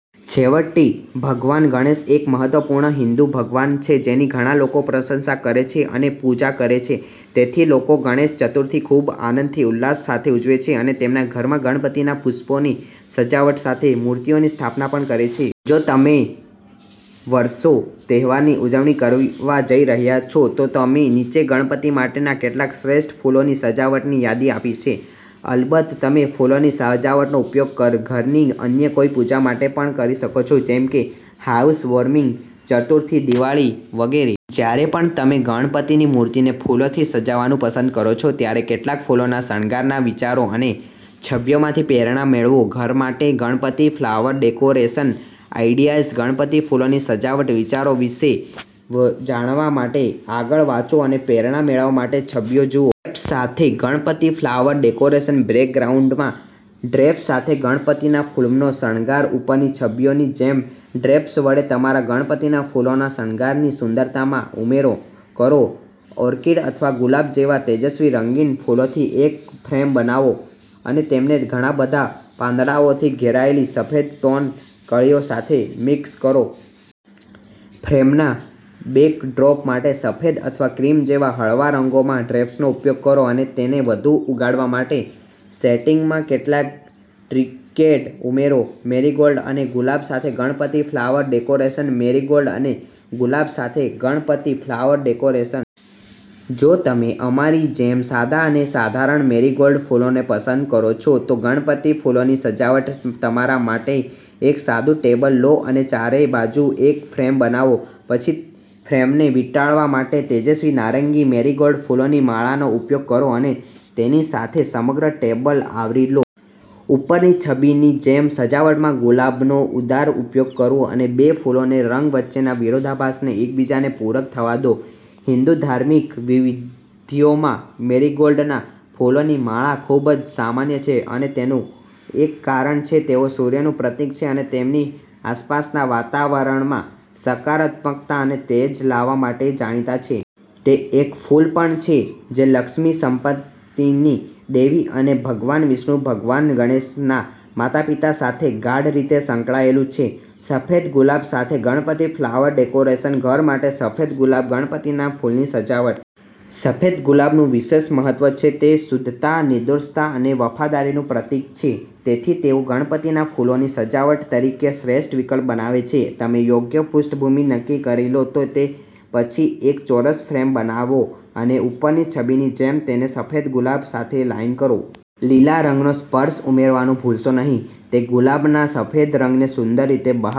છેવટે, ભગવાન ગણેશ એક મહત્વપૂર્ણ હિંદુ ભગવાન છે જેની ઘણા લોકો પ્રશંસા કરે છે અને પૂજા કરે છે. તેથી લોકો ગણેશ ચતુર્થી ખૂબ આનંદ અને ઉલ્લાસ સાથે ઉજવે છે અને તેમના ઘરમાં ગણપતિના પુષ્પોની સજાવટ સાથે મૂર્તિઓની સ્થાપના પણ કરે છે. જો તમે વર્ષે તહેવારની ઉજવણી કરવા જઈ રહ્યા છો, તો અમે નીચે ગણપતિ માટેના કેટલાક શ્રેષ્ઠ ફૂલોની સજાવટની યાદી આપી છે. અલબત્ત, તમે ફૂલોની સજાવટનો ઉપયોગ ઘરની અન્ય કોઈ પૂજા માટે પણ કરી શકો છો, જેમ કે હાઉસવોર્મિંગ, ચતુર્થી, દિવાળી વગેરે. જ્યારે પણ તમે ગણપતિની મૂર્તિને ફૂલોથી સજાવવાનું પસંદ કરો છો, ત્યારે કેટલાક ફૂલોના શણગારના વિચારો અને છબીઓમાંથી પ્રેરણા મેળવો. ઘર માટે Ganpati flower decoration ideas. Ganpati ફૂલોની સજાવટના વિચારો વિશે વધુ જાણવા માટે આગળ વાંચો, અને પ્રેરણા મેળવવા માટે છબીઓ જુઓ. ડ્રેપ્સ સાથે ગણપતિ ફ્લાવર ડેકોરેશન. બેકગ્રાઉન્ડમાં ડ્રેપ્સ સાથે ગણપતિના ફૂલનો શણગાર. ઉપરની છબીની જેમ ડ્રેપ્સ વડે તમારા ગણપતિના ફૂલોના શણગારની સુંદરતામાં ઉમેરો કરો. ઓર્કિડ અથવા ગુલાબ જેવા તેજસ્વી રંગીન ફૂલોથી એક ફ્રેમ બનાવો અને તેમને ઘણાં બધાં પાંદડાઓથી ઘેરાયેલી સફેદ-ટોન કળીઓ સાથે મિક્સ કરો. ફ્રેમના બેકડ્રોપ માટે, સફેદ અથવા ક્રીમ જેવા હળવા રંગોમાં ડ્રેપ્સનો ઉપયોગ કરો અને તેને વધુ ઉગાડવા માટે સેટિંગમાં કેટલાક ટ્રિંકેટ ઉમેરો. મેરીગોલ્ડ અને ગુલાબ સાથે ગણપતિ ફ્લાવર ડેકોરેશન. મેરીગોલ્ડ અને ગુલાબ સાથે ગણપતિ ફ્લાવર ડેકોરેશન. જો તમે, અમારી જેમ, સાદા અને સાધારણ મેરીગોલ્ડ ફૂલોને પસંદ કરો છો, તો ગણપતિ ફૂલોની સજાવટ તમારા માટે છે. એક સાદું ટેબલ લો અને ચારે બાજુ એક ફ્રેમ બનાવો. પછી ફ્રેમને વીંટાળવા માટે તેજસ્વી નારંગી મેરીગોલ્ડ ફૂલોની માળાનો ઉપયોગ કરો અને તેની સાથે સમગ્ર ટેબલ આવરી લો. ઉપરની છબીની જેમ, સજાવટમાં ગુલાબનો ઉદાર ઉપયોગ કરો અને બે ફૂલોના રંગ વચ્ચેના વિરોધાભાસને એકબીજાના પૂરક થવા દો. હિંદુ ધાર્મિક વિધિઓમાં મેરીગોલ્ડના ફૂલોની માળા ખૂબ સામાન્ય છે, અને તેનું એક કારણ છે. તેઓ સૂર્યનું પ્રતીક છે અને તેમની આસપાસના વાતાવરણમાં સકારાત્મકતા અને તેજ લાવવા માટે જાણીતા છે. તે એક ફૂલ પણ છે જે લક્ષ્મી, સંપત્તિની દેવી અને ભગવાન વિષ્ણુ ભગવાન ગણેશના માતાપિતા સાથે ગાઢ રીતે સંકળાયેલું છે. સફેદ ગુલાબ સાથે ગણપતિ ફ્લાવર ડેકોરેશન. ઘર માટે સફેદ ગુલાબ ગણપતિના ફૂલની સજાવટ. સફેદ ગુલાબનું વિશેષ મહત્વ છે. તે શુદ્ધતા, નિર્દોષતા અને વફાદારીનું પ્રતીક છે. તેથી, તેઓ ગણપતિના ફૂલોની સજાવટ તરીકે શ્રેષ્ઠ વિકલ્પો બનાવે છે. તમે યોગ્ય પૃષ્ઠભૂમિ નક્કી કરી લો તે પછી, એક ચોરસ ફ્રેમ બનાવો અને ઉપરની છબીની જેમ તેને સફેદ ગુલાબ સાથે લાઇન કરો. લીલા રંગનો સ્પર્શ ઉમેરવાનું ભૂલશો નહીં. તે ગુલાબના સફેદ રંગને સુંદર રીતે બહાર